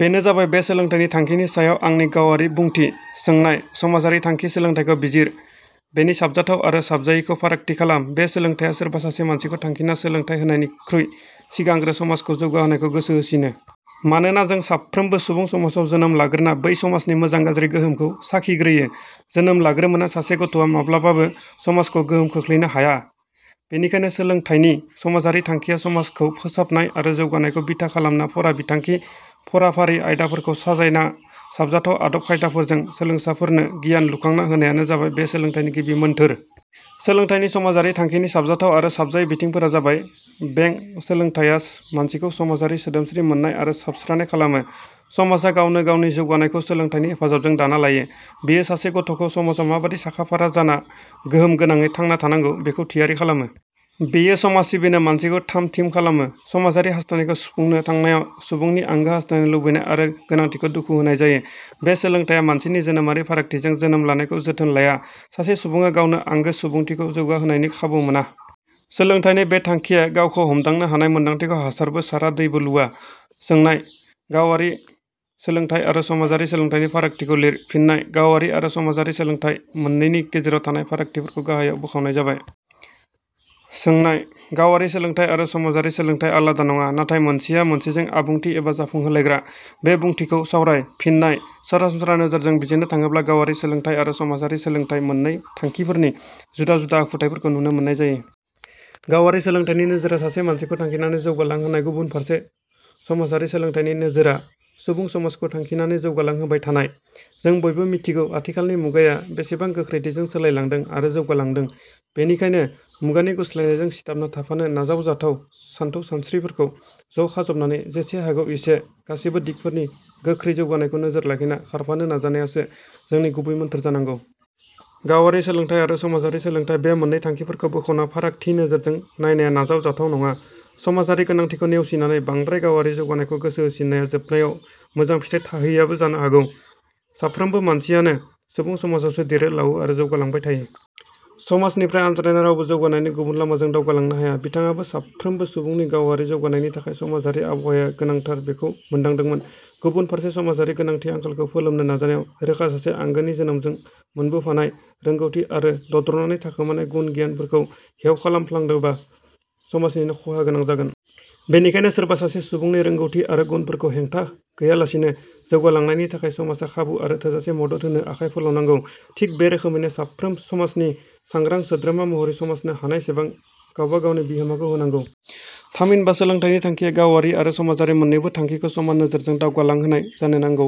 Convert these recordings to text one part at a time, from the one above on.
बेनो जाबाय बे सोलोंथाइनि थांखिनि सायाव आंनि गावारि बुंथि। सोंनाय –. समाजारि थांखि सोलोंथाइखौ बिजिर। बेनि साबजाथाव आरो साबजायिखौ फारागथि खालाम। बे सोलोंथाइया सोरबा सासे मानसिखौ थांखिना सोलोंथाइ होनायनिख्रुइ सिगांग्रो समाजखौ जौगाहोनायखौ गोसो होसिनो। मानोना जों साफ्रोमबो सुबुं समाजाव जोनोम लाग्रोना बै समाजनि मोजां-गाज्रि गोहोमखौ साखिग्रोयो। जोनोम लाग्रोमोना सासे गथ'वा माब्लाबाबो समाजखौ गोहोम खोखलैनो हाया। बेनिखायनो सोलोंथाइनि समाजारि थांखिया समाजखौ फोसाबनाय आरो जौगानायखौ बिथा खालामना फरा बिथांखि, फराफारि आयदाफोरखौ साजायना साबजाथाव आदब- खायदाफोरजों सोलोंसाफोरनो गियान लुखांना होनायानो जाबाय बे सोलोंथाइनि गिबि मोन्थोर। सोलोंथाइनि समाजारि थांखिनि साबजाथाव आरो साबजायि बिथिंफोरा जाबाय – बें सोलोंथाइया मानसिखौ समाजारि, सोद्रोमसि मोन्नाय आरो साबस्रानाय खालामो। समाजा गावनो गावनि जौगानायखौ सोलोंथाइनि हेफाजाबजों दाना लायो। बेयो सासे गथ'खौ समाजाव माबादि साखा-फारा जाना गोहोम गोनाङै थांना थानांगौ बेखौ थियारि खालामो। बेयो समाज सिबिनो मानसिखौ थामथिम खालामो। समाजारि हास्थायनायखौ सुफुंनो थांनायाव सुबुंनि आंगो हास्थायनाय, लुबैनाय आरो गोनांथिखौ दुखु होनाय जायो। बे सोलोंथाइया मानसिनि जोनोमारि फारागथिजों जोनोम लानायखौ जोथोन लाया। सासे सुबुङा गावनि आंगो सुबुथिखौ जौगाहोनायनि खाबु मोना। सोलोंथाइनि बे थांखिया गावखौ हमदांनो हानाय मोन्दांथिखौ हासारबो सारा दैबो लुवा। सोनाय –. गावआरि सोलोंथाइ आरो समाजारि सोलोंथाइनि फारागथिखौ लिर। फिन्नाय: गावआरि आरो समाजारि सोलोंथाइ मोन्नैनि गेजेराव थानाय फारागथिफोरखौ गाहायाव बोखावनाय जाबाय। सोनाय –. गावारि सोलोंथाइ आरो समाजारि सोलोंथाइ आलादा नङा, नाथाय मोनसेया मोनसेजों आबुंथि एबा जाफुंहोलायग्रा। बे बुंथिखौ सावराय। फिन्नाय: सरासनस्रा नोजोरजों बिजिरनो थाडोब्ला गावारि सोलोंथाइ आरो समाजारि सोलोंथाइ मोन्नै थांखिफोरनि जुदा-जुदा आखुथाइफोरखौ नुनो मोन्नाय जायो। गावारि सोलोंथाइनि नोजोरा सासे मानसिखौ थांखिनानै जौगालांहोनाय गुबुन फारसे समाजारि सोलोंथाइनि नोजोरा सुबुं समाजखौ थांखिनानै जौगालांहोबाय थानाय। जों बयबो मिथिगौ आथिखालनि मुगाया बेसेबां गोखैथिजों सोलाय लांदों आरो जौगालांदों। बेनिखायनो मुगानि गुस्लायनायजों सिथाबना थाफानो नाजावजाथाव सानथौ सानस्त्रिफोरखौ ज' खाजबनानै जेसे हागौ एसे गासैबो दिगफोरनि गोखै जौगानायखौ नोजोर लाखिना खारफानो नाजानायासो जोंनि गुबै मोन्थोर जानांगौ। गावारि सोलोंथाइ आरो समाजारि सोलोंथाइ बे मोन्नै थांखिफोरखौ बोखावना फारागथि नोजोरजों नायनाया नाजाव जाथाव नङा। समाजारि गोनांथिखौ नेउसिनानै बांद्राय गावारि जौगानायखौ गोसो होसिन्नाया जोबनायाव मोजां फिथाइ थाहैयाबो जानो हागौ। साफ्रोमबो मासियानो सुबुं समाजावसो देरो-लावो आरो जौगालांबाय थायो। समाजनिफ्राय आनज्रायना रावबो जौगानायनि गुबुन लामाजों दावगालांनो हाया।, बिथाङाबो साफ्रोमबो सुबुंनि गावारि जौगानायनि थाखाय समाजारि आबहावाया गोनांधार बेखौ मोन्दांदोंमोन। गुबुन फारसे समाजारि गोनांथि-आंखालखौ फोलोमनो नाजानायाव रोखा सासे आंगोनि जोनोमजों मोनबोफानाय रोंगौथि आरो दद्रनाने थाखोमानाय गुन-गियानफोरखौ हेव खालामफ्लांदोबा समाजनिनो ख 'हा गोनां जागोन। बेनिखायनो सोरबा सासे सुबुंनि रोंगौथि आरो गुनफोरखौ हेंथा गैयालासिनो जौगालांनायनि थाखाय समाजा खाबु आरो थोजासे मदद होनो आखाइ फोलावनांगौ। थिग बे रोखोमैनो साफ्रोम समाजनि सांग्रां सोद्रोमा महरै समाजनो हानायसेबां गावबा गावनि बिहोमाखौ होनांगौ। थामहिनबा सोलोंथाइनि थांखिया गावारि आरो समाजारि मोन्नैबो थांखिखौ समान नोजोरजों दावगालांहोनाय जानो नांगौ।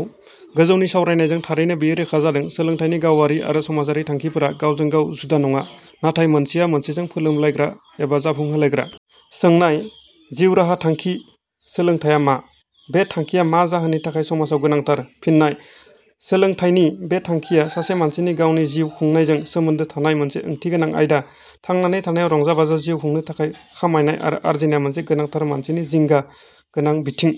गोजौनि सावरायनायजों थारैनो बेयो रोखा जादों सोलोंथाइनि गावारि आरो समाजारि थांखिफोरा गावजों गाव जुदा नङा नाथाय मोनसेया मोनसेजों फोलोमलायग्रा एबा जाफुंहोलायग्रा। सोंनाय-. जिउ राहा थांखि सोलोंथाइया मा? बे थांखिया मा जाहोननि थाखाय समाजाव गोनांथार। फिन्नाय: सोलोंथाइनि बे थाखिया सासे मानसिनि गावनि जिउ खुंनायजों सोमोन्दो थानाय मोनसे ओंथिगोनां आयदा। थांनानै थानायाव रंजा-बाजा जिउ खुंनो थाखाय खामायनाय आरो आरजिनाया मोनसे गोनांथार मानसिनि जिंगा गोनां बिथिं।